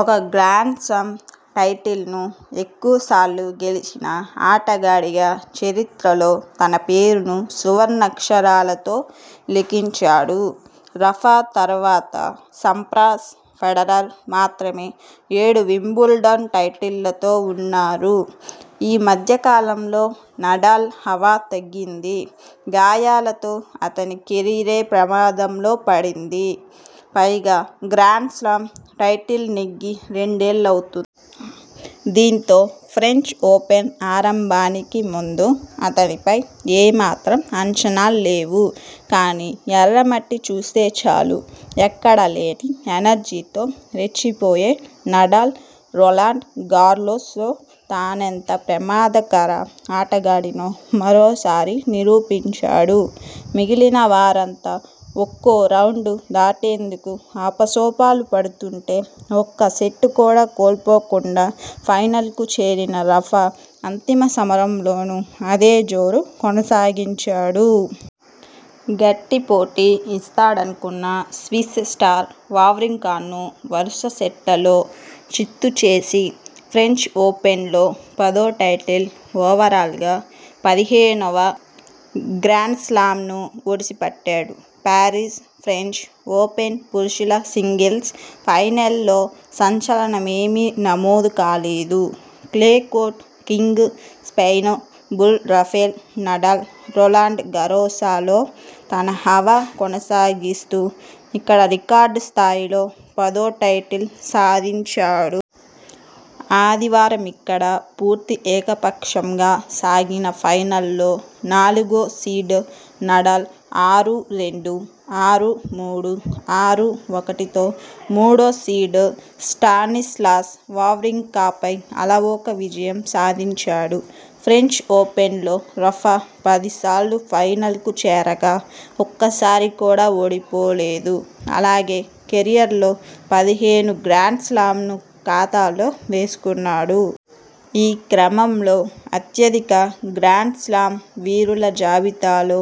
ఒక గ్రాండ్స్లామ్ టైటిల్ను ఎక్కువసార్లు గెలిచిన ఆటగాడిగా చరిత్రలో తన పేరును సువర్ణాక్షరాలతో లిఖించాడు! రఫా తర్వాత సంప్రాస్, ఫెడరర్ మాత్రమే ఏడు వింబుల్డన్ టైటిళ్లతో ఉన్నారు. ఈ మధ్యకాలంలో నడాల్ హవా తగ్గింది. గాయాలతో అతని కెరీరే ప్రమాదంలో పడింది. పైగా గ్రాండ్స్లామ్ టైటిల్ నెగ్గి రెండేళ్లవుతోంది. దీంతో ఫ్రెంచ్ ఓపెన్ ఆరంభానికి ముందు అతనిపై ఏమాత్రం అంచనాల్లేవు. కానీ ఎర్రమట్టి చూస్తేచాలు ఎక్కడ లేని ఎనర్జీతో రెచ్చిపోయే నడాల్ రొలాండ్ గారోస్లో తానెంత ప్రమాదకర ఆటగాడినో మరోసారి నిరూపించాడు. మిగిలిన వారంతా ఒక్కోరౌండ్ దాటేందుకు ఆపసోపాలు పడుతుంటే ఒక్క సెట్ కూడా కోల్పోకుండా ఫైనల్కు చేరిన రఫా అంతిమ సమరంలోనూ అదే జోరు కొనసాగించాడు. గట్టి పోటీ ఇస్తాడనుకున్న స్విస్ స్టార్ వావ్రింకాను వరుస సెట్లలో చిత్తు చేసి ఫ్రెంచ్ ఓపెన్లో పదో టైటిల్, ఓవరాల్గా పదిహేనువ గ్రాండ్స్లామ్ను ఒడిసిపట్టాడు. పారిస్ ఫ్రెంచ్ ఓపెన్ పురుషుల సింగిల్స్ ఫైనల్లో సంచలనమేమీ నమోదు కాలేదు. Clay court king, Spain bull Rafael Nadal Roland Garros లో తన హవా కొనసాగిస్తూ ఇక్కడ రికార్డు స్థాయిలో పదో టైటిల్ సాధించాడు. ఆదివారమిక్కడ పూర్తి ఏకపక్షంగా సాగిన ఫైనల్లో నాలుగో సీడ్ నడాల్ ఆరు-రెండు, ఆరు-మూడు, ఆరు-ఒకటితో మూడోసీడ్ స్టానిస్లాస్ వావ్రింకా పై అలవోక విజయం సాధించాడు. ఫ్రెంచ్ ఓపెన్లో రఫా పదిసార్లు ఫైనల్కు చేరగా ఒక్కసారి కూడా ఓడిపోలేదు. అలాగే కెరీర్లో పదిహేను గ్రాండ్స్లామ్ను ఖాతాలో వేసుకున్నాడు. ఈ క్రమంలో అత్యధిక గ్రాండ్స్లామ్ వీరుల జాబితాలో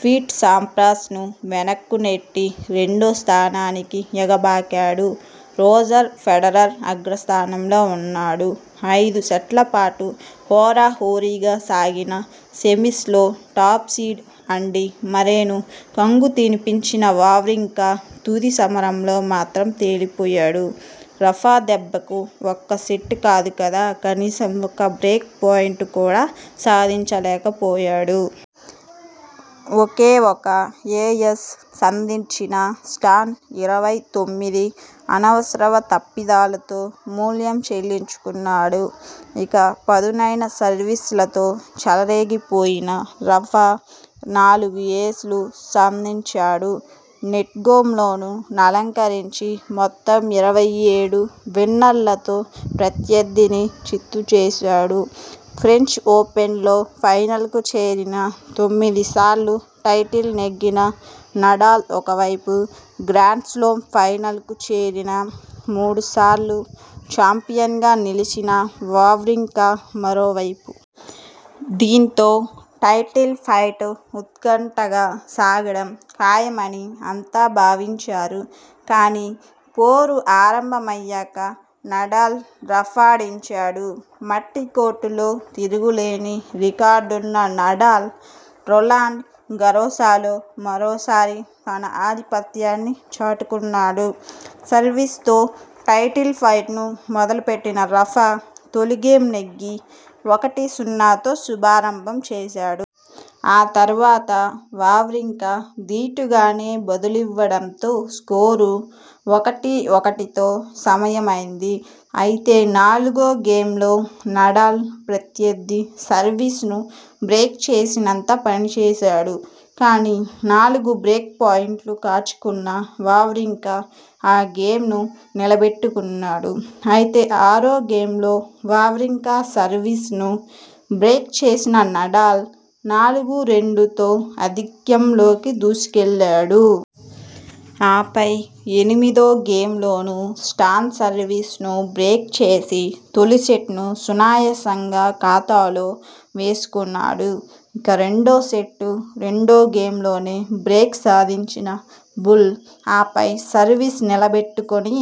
పీట్ సంప్రాస్ ను వెనక్కునెట్టి రెండో స్థానానికి ఎగబాకాడు. రోజర్ ఫెడరర్ అగ్రస్థానంలో ఉన్నాడు. ఐదుసెట్లపాటు హోరాహోరీగా సాగిన సెమీస్ లో టాప్ సీడ్ ఆండీ మర్రేను కంగుతినిపించిన వావ్రింకా తుది సమరంలో మాత్రం తేలిపోయాడు. రఫా దెబ్బకు ఒక్క సెట్ కాదు కదా కనీసం ఒక్క బ్రేక్ పాయింట్ కూడా సాధించలేక పోయాడు. ఒకే ఒక ఏస్ సంధించిన స్టాన్ ఇరవై తొమ్మిది అనవసర తప్పిదాలతో మూల్యం చెల్లించుకున్నాడు. ఇక పదునైన సర్వీస్లతో చెలరేగిపోయిన రఫా నాలుగు ఏస్లు సంధించాడు. నెట్గేమ్లోనూ అలరించి మొత్తం ఇరవై ఏడు విన్నర్లతో ప్రత్యర్థిని చిత్తు చేశాడు. ఫ్రెంచ్ ఓపెన్లో ఫైనల్కు చేరిన తొమ్మిది సార్లూ టైటిల్ నెగ్గిన నడాల్ ఒకవైపు, గ్రాండ్స్లామ్ల్లో ఫైనల్కు చేరిన మూడు సార్లూ చాంపియన్గా నిలిచిన వావ్రింకా మరోవైపు. దీంతో టైటిల్ ఫైట్ ఉత్కంఠగా సాగడం ఖాయమని అంతా భావించారు. కానీ పోరు ఆరంభమయ్యాక నడాల్ రఫాడించాడు. మట్టి కోర్టులో తిరుగులేని రికార్డున్న నడాల్ రొలాండ్ గారోస లో మరోసారి తన ఆధిపత్యాన్ని చాటుకున్నాడు. సర్వీస్ తో టైటిల్ ఫైట్ను మొదలెట్టిన రఫా తొలిగేమ్ నెగ్గి ఒకటి-సున్నాతో శుభారంభం చేశాడు. ఆ తర్వాత వావ్రింకా దీటుగానే బదులివ్వడంతో స్కోరు ఒకటి-ఒకటితో సమమైంది. అయితే నాలుగో గేమ్లో నడాల్ ప్రత్యర్థి సర్వీస్ ను బ్రేక్ చేసినంత పనిచేశాడు. కానీ నాలుగు బ్రేక్ పాయింట్లు కాచుకున్న వావ్రింకా ఆ గేమ్ను నిలబెట్టుకున్నాడు. అయితే ఆరో గేమ్లో వావ్రింకా సర్వీస్ ను బ్రేక్ చేసిన నడాల్ నాలుగు-రెండుతో ఆధిక్యంలోకి దూసుకెళ్లాడు. ఆపై ఎనిమిదో గేమ్లోనూ స్టాన్ సర్వీస్ ను బ్రేక్ చేసి తొలి సెట్ను సునాయాసంగా ఖాతాలో వేసుకున్నాడు. ఇక రెండో సెట్ రెండో గేమ్లోనే బ్రేక్ సాధించిన బుల్ ఆ పై సర్వీస్ నిలబెట్టుకుని